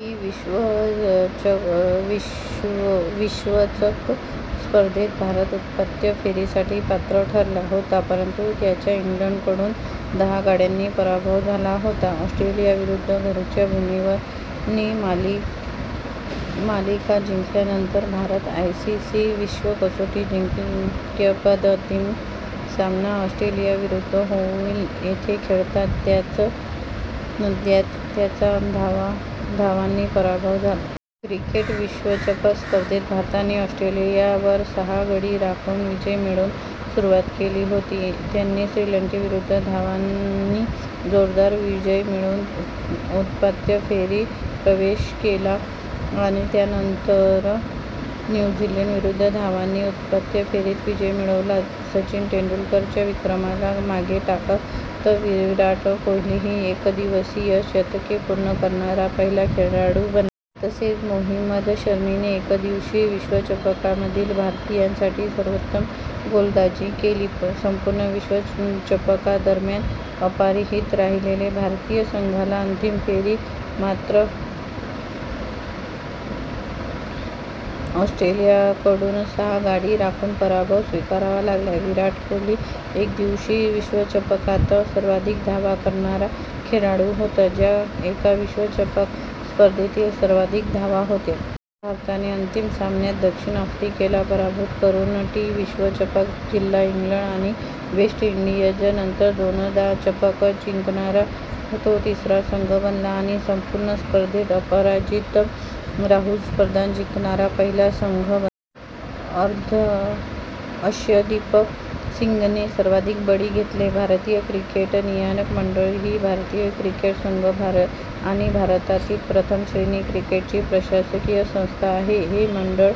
T विश्वचषक स्पर्धेत भारत उपांत्य फेरीसाठी पात्र ठरला होता, परंतु त्यांचा इंग्लंडकडून दहा गाड्यांनी पराभव झाला होता. ऑस्ट्रेलियाविरुद्ध घरच्या भूमीवर - ने मालिका जिंकल्यानंतर, भारत आयसीसी विश्व कसोटी अजिंक्यपद अंतिम सामना ऑस्ट्रेलिया विरुद्ध ओव्हल येथे खेळला ज्यात त्यांचा धावांनी पराभव झाला. क्रिकेट विश्वचषक स्पर्धेत भारताने ऑस्ट्रेलियावर सहा गडी राखून विजय मिळवून सुरुवात केली होती. त्यांनी श्रीलंकेविरुद्ध धावांनी जोरदार विजय मिळवून उपांत्य फेरीत प्रवेश केला आणि त्यानंतर न्यू झीलंडविरुद्ध धावांनी उपांत्य फेरीत विजय मिळवला. सचिन तेंडुलकर च्या विक्रमाला मागे टाकत विराट कोहली एकदिवसीय शतके पूर्ण करणारा पहिला खेळाडू बनला. तसेच, मोहम्मद शमीने एकदिवसीय विश्वचषकामधील, भारतीयासाठी सर्वोत्तम गोलंदाजी केली. संपूर्ण विश्वचषकादरम्यान अपराजित राहिलेल्या भारतीय संघाला अंतिम फेरीत मात्र ऑस्ट्रेलियाकडून सहा गाडी राखून पराभव स्वीकारावा लागला. विराट कोहली एकदिवसीय विश्वचषकात सर्वाधिक धावा करणारा खेळाडू होता, ज्या एका विश्वचषक स्पर्धेतील सर्वाधिक धावा होत्या. भारताने अंतिम सामन्यात दक्षिण आफ्रिके ला पराभूत करून टी विश्वचषक जिंकला. इंग्लंड आणि वेस्ट इंडीज नंतर दोनदा चषक जिंकणारा तो तिसरा संघ बनला आणि संपूर्ण स्पर्धेत अपराजित राहून स्पर्धा जिंकणारा पहिला संघ बनला. अर्शदीप सिंग ने सर्वाधिक बळी घेतले. भारतीय क्रिकेट नियामक मंडळ ही भारतीय क्रिकेट संघ आणि भारतातील प्रथम श्रेणी क्रिकेटची प्रशासकीय संस्था आहे. हे मंडळ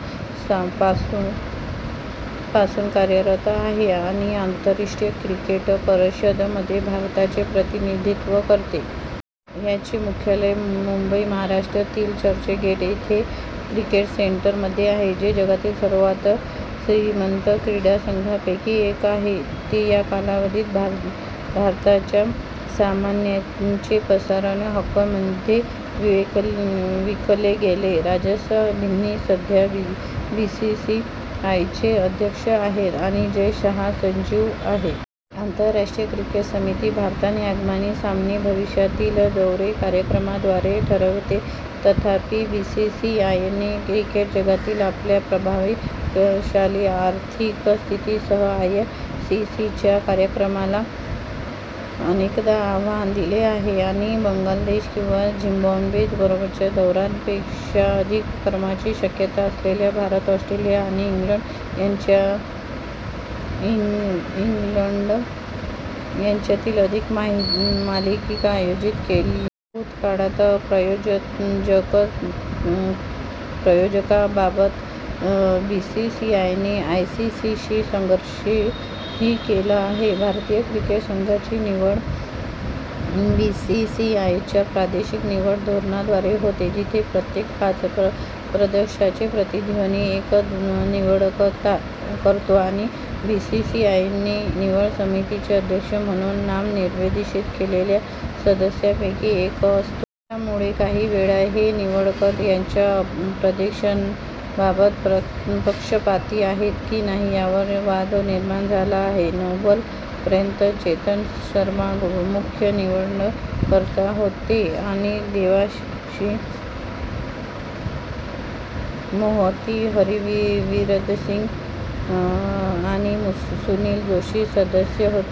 पासून कार्यरत आहे आणि आंतरराष्ट्रीय क्रिकेट परिषद मध्ये भारताचे प्रतिनिधित्व करते. याचे मुख्यालय मुंबई, महाराष्ट्रा तील चर्चगेट येथे 'क्रिकेट सेंटर' मध्ये आहे. हे जगातील सर्वात श्रीमंत क्रीडा संघटनांपैकी एक आहे, ते या कालावधीत भारताच्या सामन्यांचे प्रसारण हक्क मध्ये विकले गेले. रॉजर बिन्नी सध्या बीसीसीआयचे अध्यक्ष आहेत आणि जय शाह सचिव आहेत. आंतरराष्ट्रीय क्रिकेट समिती भारताचे आगामी सामने भविष्यातील दौरे कार्यक्रमाद्वारे ठरवते. तथापि, बीसीसीआयने, क्रिकेट जगतातील आपल्या प्रभावशाली आर्थिक स्थिती सह, आयसीसीच्या कार्यक्रमाला अनेकदा आव्हान दिले आहे आणि बांगलादेश किंवा झिम्बाब्वे बरोबरच्या दौऱ्या पेक्षा अधिक कमाईची शक्यता असलेल्या भारत, ऑस्ट्रेलिया आणि इंग्लंड यांच्यातील अधिक मालिका आयोजित केल्या आहेत. भूतकाळात, प्रायोजकत्वाबाबत बीसीसीआयने आयसीसीशी संघर्षही केला आहे. भारतीय क्रिकेट संघाची निवड बीसीसीआयच्या प्रादेशिक निवड धोरणाद्वारे होते, जिथे प्रत्येक पाच प्रदेशाचे प्रतिनिधित्व एक निवडकर्ता करतो आणि बीसीसीआयने निवड समितीचे अध्यक्ष म्हणून नामनिर्देशित केलेल्या सदस्यांपैकी एक असतो. यामुळे काहीवेळा हे निवडकर्ते त्यांच्या प्रदेशाबाबत पक्षपाती आहेत की नाही यावर वाद निर्माण झाला आहे. नोव्हेंबर पर्यंत, चेतन शर्मा मुख्य निवडकर्ता होते आणि देबाशिष मोहंती, हरविंदरसिंग आणि सुनील जोशी सदस्य होते.